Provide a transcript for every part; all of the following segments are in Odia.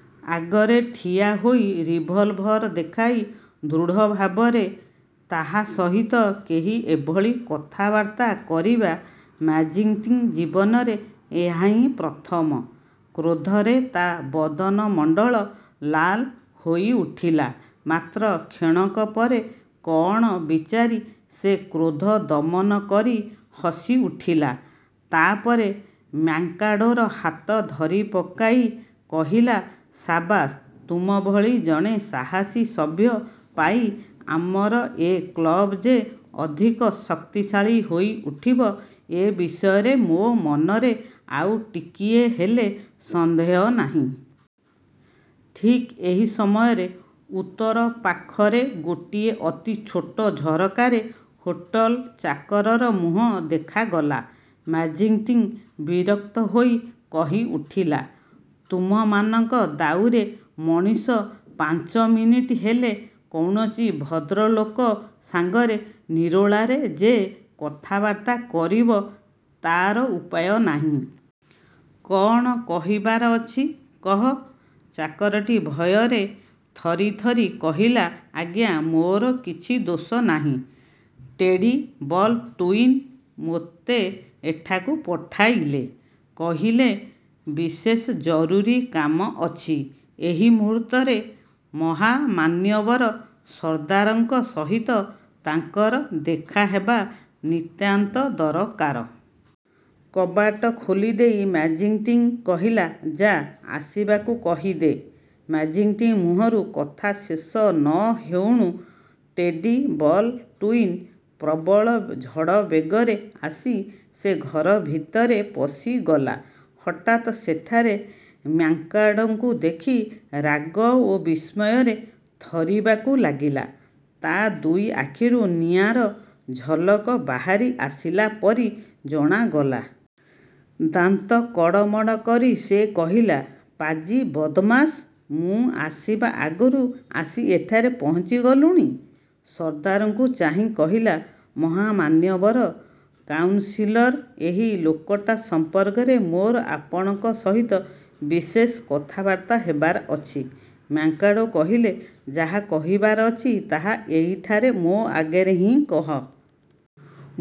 '' ଆଗରେ ଠିଆହୋଇ ରିଭଲଭର ଦେଖାଇ ଦୃଢ଼ଭାବରେ ତାହା ସହିତ କେହି ଏଭଳି କଥାବାର୍ତ୍ତା କରିବା ମ୍ୟାକ୍ଜିଣ୍ଟି ଜୀବନରେ ଏହା ହିଁ ପ୍ରଥମ। କ୍ରୋଧରେ ତା ବଦନମଣ୍ଡଳ ଲାଲ ହୋଇଉଠିଲା। ମାତ୍ର କ୍ଷଣକ ପରେ କଅଣ ବିଚାରି ସେ କ୍ରୋଧ ଦମନ କରି ହସିଉଠିଲା। ତା ପରେ ମ୍ୟାକ୍ମାର୍ଡ଼ୋର ହାତ ଧରିପକାଇ କହିଲା, ''ସାବାସ୍, ତୁମ ଭଳି ଜଣେ ସାହସୀ ସଭ୍ୟ ପାଇ ଆମର ଏ କ୍ଳବ ଯେ ଅଧିକ ଶକ୍ତିଶାଳୀ ହୋଇଉଠିବ, ଏ ବିଷୟରେ ମୋ ମନରେ ଆଉ ଟିକିଏ ହେଲେ ସନ୍ଦେହ ନାହିଁ। '' ଠିକ୍ ଏହି ସମୟରେ ଉତ୍ତର ପାଖରେ ଗୋଟିଏ ଅତି ଛୋଟ ଝରକାରେ ହୋଟେଲ ଚାକରର ମୁହଁ ଦେଖାଗଲା। ମ୍ୟାକ୍ଜିଣ୍ଟି ବିରକ୍ତହୋଇ କହିଉଠିଲା, ''ତୁମମାନଙ୍କ ଦାଉରେ ମଣିଷ ପାଞ୍ଚ ମିନିଟ୍ ହେଲେ କୌଣସି ଭଦ୍ରଲୋକ ସାଙ୍ଗରେ ନିରୋଳାରେ ଯେ କଥାବାର୍ତ୍ତା କରିବ, ତାର ଉପାୟ ନାହିଁ। କଅଣ କହିବାର ଅଛି? କହ। '' ଚାକରଟି ଭୟରେ ଥରିଥରି କହିଲା, ''ଆଜ୍ଞା, ମୋର କିଛି ଦୋଷ ନାହିଁ। ଟେଡ଼ି ବଲ୍ଡ଼ୁଇନ ମୋତେ ଏଠାକୁ ପଠାଇଲେ। କହିଲେ, ବିଶେଷ ଜରୁରୀ କାମ ଅଛି, ଏହି ମୁହୂର୍ତ୍ତରେ ମହାମାନ୍ୟବର ସର୍ଦ୍ଦାରଙ୍କ ସହିତ ତାଙ୍କର ଦେଖାହେବା ନିତାନ୍ତ ଦରକାର। '' କବାଟ ଖୋଲିଦେଇ ମ୍ୟାକ୍ଜିଣ୍ଟି କହିଲା, ''ଯା, ଆସିବାକୁ କହିଦେ। '' ମ୍ୟାକ୍ଜିଣ୍ଟି ମୁହଁରୁ କଥା ଶେଷ ନ ହେଉଣୁ ଟେଡ଼ି ବଲ୍ଡ଼ୁଇନ ପ୍ରବଳ ଝଡ଼ବେଗରେ ଆସି ସେ ଘରଭିତରେ ପଶିଗଲା। ହଠାତ୍ ସେଠାରେ ମ୍ୟାକ୍ମାର୍ଡ଼ୋଙ୍କୁ ଦେଖି ରାଗ ଓ ବିସ୍ମୟରେ ଥରିବାକୁ ଲାଗିଲା। ତା ଦୁଇ ଆଖିରୁ ନିଆଁର ଝଲକ ବାହାରି ଆସିଲା ପରି ଜଣାଗଲା। ଦାନ୍ତ କଡ଼ମଡ଼ କରି ସେ କହିଲା, ''ପାଜି, ବଦମାସ୍! ମୁଁ ଆସିବା ଆଗରୁ ଆସି ଏଠାରେ ପହଞ୍ଚିଗଲୁଣି? '' ସର୍ଦ୍ଦାରକୁ ଚାହିଁ କହିଲା, ''ମହାମାନ୍ୟବର କାଉନ୍ସିଲର, ଏହି ଲୋକଟା ସମ୍ପର୍କରେ ମୋର ଆପଣଙ୍କ ସହିତ ବିଶେଷ କଥାବାର୍ତ୍ତା ହେବାର ଅଛି। '' ମ୍ୟାକ୍ମାର୍ଡ଼ୋ କହିଲେ, ''ଯାହା କହିବାର ଅଛି, ତାହା ଏହିଠାରେ ମୋ ଆଗରେ ହିଁ କହ। ''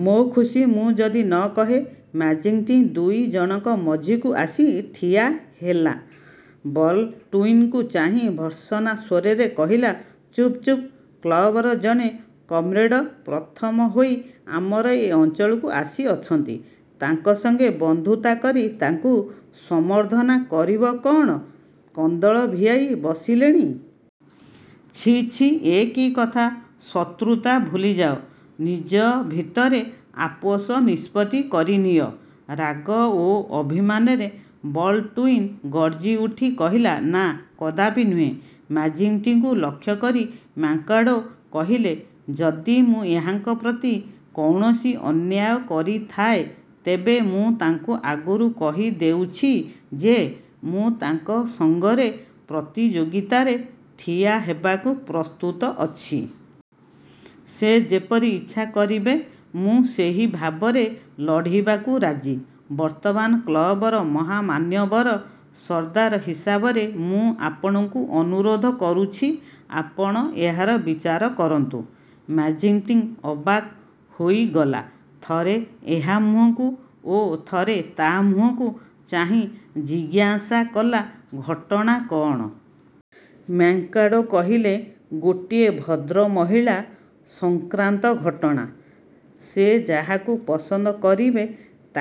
''ମୋ ଖୁସି, ମୁଁ ଯଦି ନ କହେ? '' ମ୍ୟାକ୍ଜିଣ୍ଟି ଦୁଇ ଜଣଙ୍କ ମଝିକୁ ଆସି ଠିଆହେଲା। ବଲ୍ଡ଼ୁଇନକୁ ଚାହିଁ ଭତ୍ସର୍ନାସ୍ୱରରେ କହିଲା, ''ଚୁପ୍ ଚୁପ୍, କ୍ଳବର ଜଣେ କମ୍ରେଡ଼ ପ୍ରଥମ ହୋଇ ଆମର ଏ ଅଞ୍ଚଳକୁ ଆସିଅଛନ୍ତି। ତାଙ୍କ ସଙ୍ଗେ ବନ୍ଧୁତା କରି ତାଙ୍କୁ ସମ୍ବର୍ଦ୍ଧନା କରିବ କଅଣ, କନ୍ଦଳ ଭିଆଇ ବସିଲେଣି। ଛି, ଛି, ଏ କି କଥା-? ଶତ୍ରୁତା ଭୁଲିଯାଅ। ନିଜ ଭିତରେ ଆପୋଷ ନିଷ୍ପତ୍ତି କରିନିଅ। '' ରାଗ ଓ ଅଭିମାନରେ ବଲ୍ଡ଼ୁଇନ ଗର୍ଜିଉଠି କହିଲା, ''ନା, କଦାପି ନୁହେଁ। '' ମ୍ୟାକ୍ଜିଣ୍ଟିକୁ ଲକ୍ଷ୍ୟକରି ମ୍ୟାକ୍ମାର୍ଡ଼ୋ କହିଲେ, ''ଯଦି ମୁଁ ଏହାଙ୍କ ପ୍ରତି କୌଣସି ଅନ୍ୟାୟ କରିଥାଏ, ତେବେ ମୁଁ ତାଙ୍କୁ ଆଗରୁ କହି ଦେଉଛି ଯେ, ମୁଁ ତାଙ୍କ ସଙ୍ଗରେ ପ୍ରତିଯୋଗିତାରେ ଠିଆହେବାକୁ ପ୍ରସ୍ତୁତ ଅଛି। ସେ ଯେପରି ଇଚ୍ଛା କରିବେ, ମୁଁ ସେହି ଭାବରେ ଲଢ଼ିବାକୁ ରାଜି। ବର୍ତ୍ତମାନ କ୍ଳବର ମହାମାନ୍ୟବର ସର୍ଦ୍ଦାର ହିସାବରେ ମୁଁ ଆପଣଙ୍କୁ ଅନୁରୋଧ କରୁଛି, ଆପଣ ଏହାର ବିଚାର କରନ୍ତୁ। '' ମ୍ୟାକ୍ଜିଣ୍ଟି ଅବାକ୍ ହୋଇଗଲା। ଥରେ ଏହା ମୁହଁକୁ ଓ ଥରେ ତା ମୁହଁକୁ ଚାହିଁ ଜିଜ୍ଞାସା କଲା, ''ଘଟଣା କଅଣ? '' ମ୍ୟାକ୍ମାର୍ଡ଼ୋ କହିଲେ, ''ଗୋଟିଏ ଭଦ୍ରମହିଳା ସଂକ୍ରାନ୍ତ ଘଟଣା। ସେ ଯାହାକୁ ପସନ୍ଦ କରିବେ,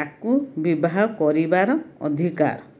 ତାକୁ ବିବାହ କରିବାର ଅଧିକାର